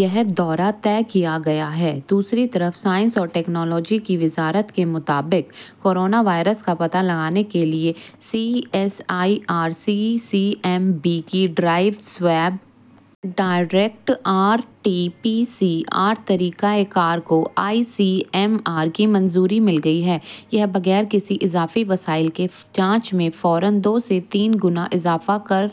یہ دورہ طے کیا گیا ہے دوسری طرف سائنس اور ٹیکنالوجی کی وزارت کے مطابق کورونا وائرس کا پتہ لگانے کے لیے C S I R C C M B کی dry swab direct R T P C R طریقہ کار کو آئی سی ایم آر کی منظوری مل گئی ہے یہ بغیر کسی اضافی وسائل کے جانچ میں فوراً دو سے تین گنا اضافہ کر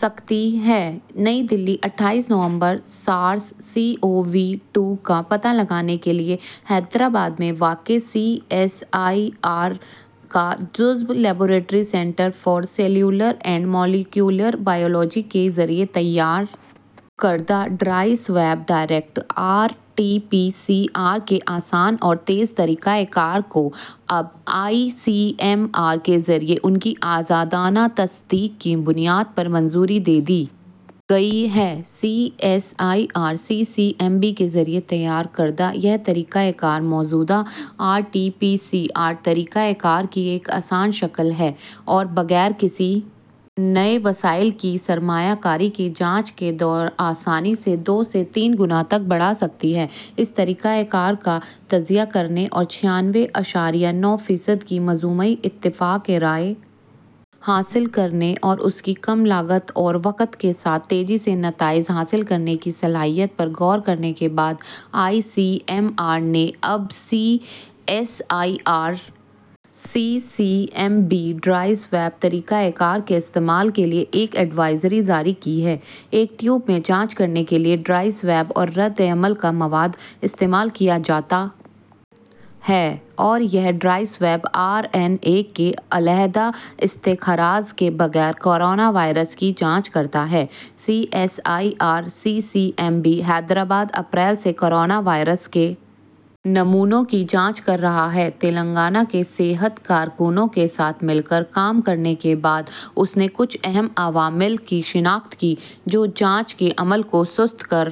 سکتی ہے نئی دہلی اٹھائیس نومبر سارس کوو ٹو کا پتہ لگانے کے لیے حیدرآباد میں واقع سی ایس آئی آر کا جزو laboratory centre for cellular and molecular biology کے ذریعے تیار کردہ dry swab direct R T P C R کے آسان اور تیز طریقہ کار کو اب آئی سی ایم آر کے ذریعے ان کی آزادانہ تصدیق کی بنیاد پر منظوری دے دی گئی ہے C S I R C C M B کے ذریعے تیار کردہ یہ طریقہ کار موجودہ R T P C R طریقہ کار کی ایک آسان شکل ہے اور بغیر کسی نئے وسائل کی سرمایہ کاری کے جانچ کو آسانی سے دو سے تین گنا تک بڑھا سکتی ہے اس طریقہ کار کا تجزیہ کرنے اور چھیانوے اعشاریہ نو فیصد کی مجموعی اتفاق رائے حاصل کرنے اور اس کی کم لاگت اور وقت کے ساتھ تیزی سے نتائج حاصل کرنے کی صلاحیت پر غور کرنے کے بعد آئی سی ایم آر نے اب C S I R C C M B dry swab طریقہ کار کے استعمال کے لیے ایک ایڈوائزری جاری کی ہے ایک ٹیوب میں جانچ کرنے کے لیے ڈرائی سواب اور ردعمل کا مواد استعمال کیا جاتا ہے اور یہ dry swab R N A کے علیحدہ استخراج کے بغیر کورونا وائرس کی جانچ کرتا ہے C S I R C C M B Hyderabad اپریل سے کورونا وائرس کے نمونوں کی جانچ کر رہا ہے تلنگانہ کے صحت کارکنوں کے ساتھ مل کر کام کرنے کے بعد اس نے کچھ اہم عوامل کی شناخت کی جو جانچ کے عمل کو سست کر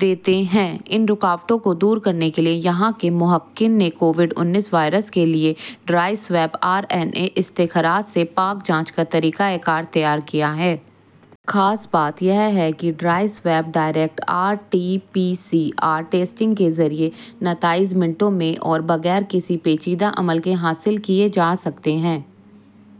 دیتے ہیں ان رکاوٹوں کو دور کرنے کے لیے یہاں کے محققین نے کووڈ انیس وائرس کے لیے dry swab R N A استخراج سے پاک جانچ کا طریقہ کار تیار کیا ہے خاص بات یہ ہے کہ dry swab direct R T P C R testing کے ذریعے نتائج منٹوں میں اور بغیر کسی پیچیدہ عمل کے حاصل کیے جا سکتے ہیں